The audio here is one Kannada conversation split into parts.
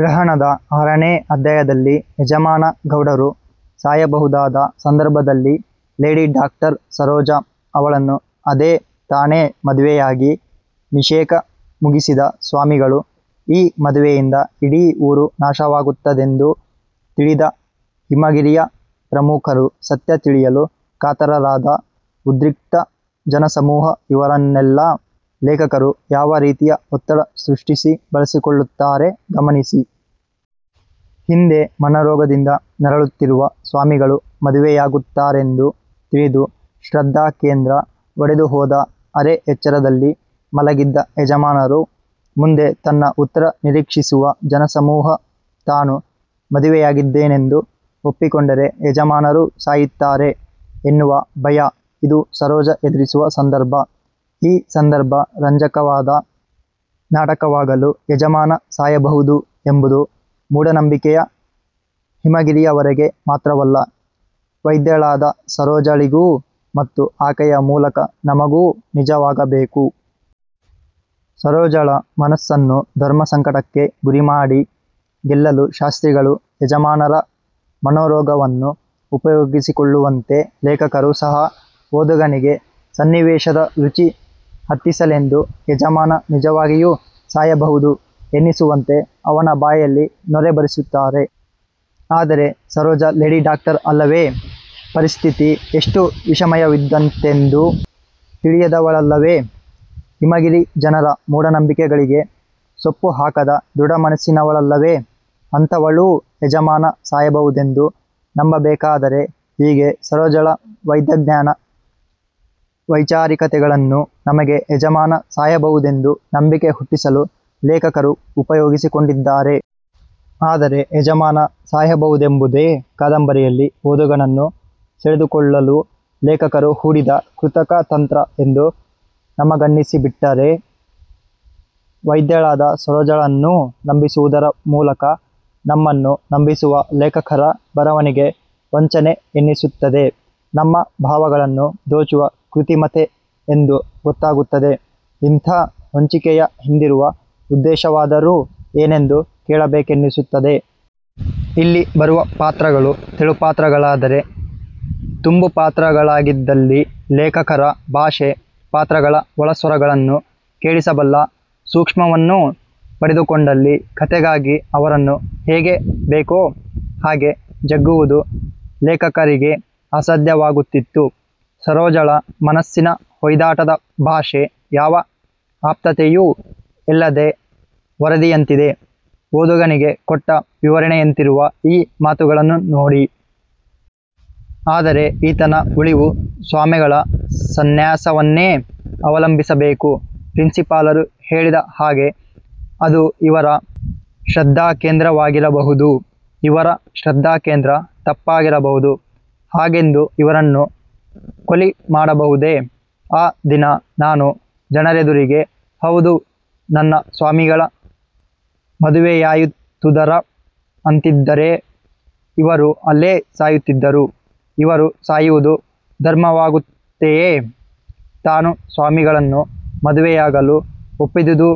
ಗ್ರಹಣದ ಆರನೇ ಅಧ್ಯಾಯದಲ್ಲಿ ಯಜಮಾನ ಗೌಡರು ಸಾಯಬಹುದಾದ ಸಂದರ್ಭದಲ್ಲಿ ಲೇಡಿ ದಾಕ್ಟರ್ ಸರೋಜ, ಅವಳನ್ನು ಅದೇ ತಾನೇ ಮದುವೆಯಾಗಿ ನಿಷೇಕ ಮುಗಿಸಿದ ಸ್ವಾಮಿಗಳು, ಈ ಮದುವೆಯಿಂದ ಇಡೀ ಊರು ನಾಶವಾಗುತ್ತದೆಂದು ತಿಳಿದ ಹಿಮಗಿರಿಯ ಪ್ರಮುಖರು, ಸತ್ಯ ತಿಳಿಯಲು ಕಾತರರಾದ ಉದ್ರಿಕ್ತ ಜನಸಮೂಹ ಇವರೆನ್ನೆಲ್ಲ ಲೇಖಕರು ಯಾವ ರೀತಿಯ ಒತ್ತಡ ಸೃಷ್ಟಿಸಿ ಬಳಸಿಕೊಳ್ಳುತ್ತಾರೆ ಗಮನಿಸಿ. ಹಿಂದೆ ಮನೋರೊಗದಿಂದ ನರಳುತ್ತಿರುವ ಸ್ವಾಮಿಗಳು ಮದುವೆಯಾಗುತ್ತಾರೆಂದು ತಿಳಿದು 'ಶ್ರದ್ಧಾಕೇಂದ್ರ' ಒಡೆದುಹೋದ ಅರೆ ಎಚ್ಚರದಲ್ಲಿ ಮಲಗಿದ ಯಜಮಾನರು, ಮುಂದೆ ತನ್ನ ಉತ್ತರ ನಿರೀಕ್ಷಿಸುವ ಜನಸಮೂಹ, ತಾನು ಮದುವೆಯಾಗಿದ್ದೇನೆಂದು ಒಪ್ಪಿಕೊಂಡರೆ ಯಜಮಾನರು ಸಾಯುತ್ತಾರೆ ಎನ್ನುವ ಭಯ ಇದು ಸರೋಜ ಎದುರಿಸುವ ಸಂದರ್ಭ, ಈ ಸಂದರ್ಭ ರಂಜಕವಾದ ನಾಟಕವಾಗಲು ಯಜಮಾನ ಸಾಯಬಹುದು ಎಂಬುದು ಮೂಢನಂಬಿಕೆಯ ಹಿಮಗಿರಿಯವರಿಗೆ ಮಾತ್ರವಲ್ಲ, ವೈದ್ಯಳಾದ ಸರೋಜಳಿಗೂ ಮತ್ತು ಆಕೆಯ ಮೂಲಕ ನಮಗೂ ನಿಜವಾಗಬೇಕು. ಸರೋಜಳ ಮನಸ್ಸನ್ನು ಧರ್ಮಸಂಕಟಕ್ಕೆ ಗುರಿಮಾಡಿ ಗೆಲ್ಲಲು ಶಾಸ್ತ್ರಿಗಳು ಯಜಮಾನರ ಮನೋರೋಗವನ್ನು ಉಪಯೋಗಿಸಿಕೊಳ್ಳುವಂತೆ, ಲೇಖಕರು ಸಹ ಓದುಗನಿಗೆ ಸನ್ನಿವೇಶದ ರುಚಿ ಹತ್ತಿಸಲೆಂದು ಯಜಮಾನ ನಿಜವಾಗಿಯೂ ಸಾಯಬಹುದು ಎನ್ನಿಸುವಂತೆ ಅವನ ಬಾಯಲ್ಲಿ ನೊರೆ ಬರಿಸುತ್ತಾರೆ. ಆದರೆ ಸರೋಜ ಲೇಡಿ ಡಾಕ್ಟರ್ ಅಲ್ಲವೆ? ಪರಿಸ್ಥಿತಿ ಎಷ್ಟು ವಿಷಮವಿದ್ದೀತೆಂದು ತಿಳಿದಳಲ್ಲವೆ? ಹಿಮಗಿರಿ ಜನರ ಮೂಢನಂಬಿಕೆಗಳಿಗೆ ಸೊಪ್ಪುಹಾಕದ ದೃಡಮನಸ್ಸಿನವಳಲ್ಲವೆ ಅಂಥವಳೂ ಯಜಮಾನ ಸಾಯಬಹುದೆಂದು ನಂಬಬೇಕಾದರೆ ಹೀಗೆ ಸರೋಜಳ ವೈದ್ಯಜ್ಞಾನ, ವೈಚಾರಿಕತೆಗಳನ್ನು ನಮಗೆ ಯಜಮಾನ ಸಾಯಬಹುದೆಂದು ನಂಬಿಕೆ ಹುಟ್ಟಿಸಲು ಲೇಖಕರು ಉಪಯೋಗಿಸಿಕೊಂಡಿದ್ದಾರೆ. ಆದರೆ ಯಜಮಾನ ಸಾಯಬಹುದೆಂಬುದೇ ಕಾದಂಬರಿಯಲ್ಲಿ ಓದುಗನನ್ನು ಸೆಳೆದುಕೊಳ್ಳಲು ಲೇಖಕರು ಹೂಡಿದ ಕೃತಕ ತಂತ್ರ ಎಂದು ನಮಗನ್ನಿಸಿಬಿಟ್ತರೆ, ವೈದ್ಯಳಾದ ಸರೋಜಳನ್ನೂ ನಂಬಿಸುವುದರ ಮೂಲಕ ನಮ್ಮನ್ನು ನಂಬಿಸುವ ಲೇಖಕರ ಬರವಣಿಗೆ ವಂಚನೆ ಎನ್ನಿಸುತ್ತದೆ. ನಮ್ಮ ಭಾವಗಳನ್ನು ದೋಚುವ ಕೃತಿಮತೆ ಎಂದು ಗೊತ್ತಾಗುತ್ತದೆ. ಇಂಥ ಹೊಂಚಿಕೆಯ ಹಿಂದಿರುವ ಉದ್ದೇಶವಾದರೂ ಏನೆಂದು ಕೇಳಬೇಕೆನ್ನಿಸುತ್ತದೆ. ಇಲ್ಲಿ ಬರುವ ಪಾತ್ರಗಳು ತೆಳುಪಾತ್ರಗಳಾಗದೆ ತುಂಬುಪಾತ್ರಗಳಾಗಿದ್ದಲ್ಲಿ, ಲೇಖಕರ ಭಾಷೆ ಪಾತ್ರಗಳ ಒಳಸ್ವರಗಳನ್ನು ಕೇಳಿಸಬಲ್ಲ ಸೂಕ್ಷ್ಮವನ್ನು ಪಡೆದುಕೊಂಡಲ್ಲಿ ಕಥೆಗಾಗಿ ಅವರನ್ನು ಹೇಗೆ ಬೇಕೋ ಹಾಗೆ ಜಗ್ಗುವುದು ಲೇಖಕರಿಗೆ ಅಸಾಧ್ಯಾವಾಗುತ್ತಿತ್ತು. ಸರೋಜಳ ಮನಸ್ಸಿನ ಹೊಯ್ದಾಟದ ಭಾಷೆ ಯಾವ ಆಪ್ತತೆಯೂ ಎಲ್ಲದೆ ವರದಿಯಂತಿದೆ. ಓದುಗನಿಗೆ ಕೊಟ್ಟ ವಿವರಣೆಯಂತಿರುವ ಈ ಮಾತುಗಳನ್ನು ನೋಡಿ. ಆದರೆ ಈತನ ಉಳಿವು ಸ್ವಾಮೆಗಳ ಸನ್ಯಾಸವನ್ನೇಕೆ ಅವಲಂಬಿಸಬೇಕು ಪ್ರಿನ್ಸಿಪಾಲರು ಹೇಳಿದ ಹಾಗೆ ಅದು ಇವರ ಶ್ರದ್ದಾಕೇಂದ್ರವಾಗಿರಬಹುದು. ಇವರ ಶ್ರದ್ಧಾಕೇಂದ್ರ ತಪ್ಪಾಗಿರಬಹುದು, ಹಾಗೆಂದು ಇವರನ್ನು ಕೊಲಿ ಮಾಡಬಹುದೆ? ಆ ದಿನ ನಾನು ಜನರೆದುರಿಗೆ, ಹೌದು, ನನ್ನ ಸ್ವಾಮಿಗಳ ಮದುವೆಯಾಯಿತುಧರ ಅಂದಿದ್ದರೆ ಇವರು ಅಲ್ಲೇ ಸಾಯುತ್ತಿದ್ದರು. ಇವರು ಸಾಯುವುದು ಧರ್ಮವಾಗುತ್ತೆಯೇ ತಾನು ಸ್ವಾಮಿಗಳನ್ನು ಮದುವೆಯಾಗಲು ಒಪ್ಪಿದುದೇ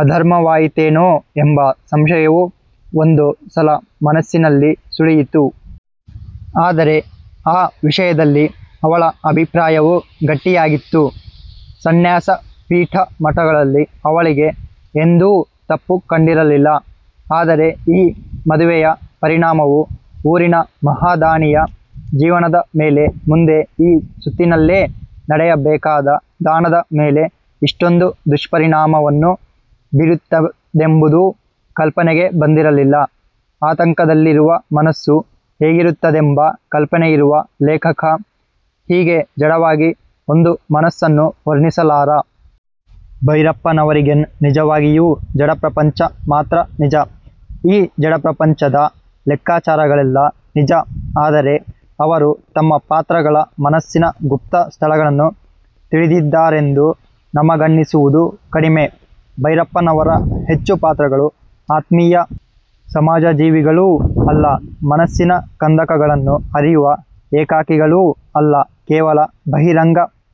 ಅಧರ್ಮವಾಯಿತೇನೋ ಎಂಬ ಸಂಶಯವು ಒಂದು ಸಲಮನಸ್ಸಿನಲ್ಲಿ ಸುಳಿಯಿತು. ಆದರೆ ಆ ವಿಷಯದಲ್ಲಿ ಅವಳ ಅಭಿಪ್ರಾಯವು ಗಟ್ಟಿಯಾಗಿತ್ತು. ಸನ್ಯಾಸ, ಪೀಠ, ಮಠಗಳಲ್ಲಿ ಅವಳಿಗೆ ಎಂದೂ ತಪ್ಪು ಕಂಡಿರಲಿಲ್ಲ. ಆದರೆ ಈ ಮದುವೆಯ ಪರಿಣಾಮವು ಊರಿನ ಮಹಾದಾನಿಯ ಜೀವನದ ಮೇಲೆ, ಮುಂದೆ ಈ ಸುತ್ತಿನಲ್ಲೇ ನಡೆಯಬೇಕಾದ ದಾನದ ಮೇಲೆ ಇಷ್ಟೊಂದು ದುಷ್ಪರಿಣಾಮವನ್ನು ಬೀರುತ್ತದೆಂಬುದು ಕಲ್ಪನೆಗೆ ಬಂದಿರಲಿಲ್ಲ. ಆತಂಕದಲ್ಲಿರುವ ಮನಸ್ಸು ಹೇಗಿರುತ್ತದೆಂಬ ಕಲ್ಪನೆಯಿರುವ ಲೇಖಕ ಹೀಗೆ ಜಡವಾಗಿ ಒಂದು ಮನಸ್ಸನ್ನು ವರ್ಣಿಸಲಾರ. ಭೈರಪ್ಪನವರಿಗೆನ್ ನಿಜವಾಗಿಯೂ ಜಡಪ್ರಪಂಚ ಮಾತ್ರ ನಿಜ, ಈ ಜಡಪ್ರಪಂಚ ದ ಲೆಖ್ಖಾಚಾರಗಳೆಲ್ಲ ನಿಜ ಆದರೆ ಅವರು ತಮ್ಮ ಪಾತ್ರಗಳ ಮನಸ್ಸಿನ ಗುಪ್ತ ಸ್ಥಳಗಳನ್ನು ತಿಳಿದಿದ್ದಾರೆಂದು ನಮಗನ್ನಿಸುವುದು ಕಡಿಮೆ. ಭೈರಪ್ಪನವರ ಹೆಚ್ಚು ಪಾತ್ರಗಳು ಆತ್ಮೀಯ ಸಮಾಜಜೀವಿಗಳೂ ಅಲ್ಲ, ಮನಸ್ಸಿನ ಕಂದಕಗಳನ್ನು ಅರಿಯುವ ಏಕಾಕಿಗಳೂ ಅಲ್ಲ ಕೇವಲ ಬಹಿರಂಗ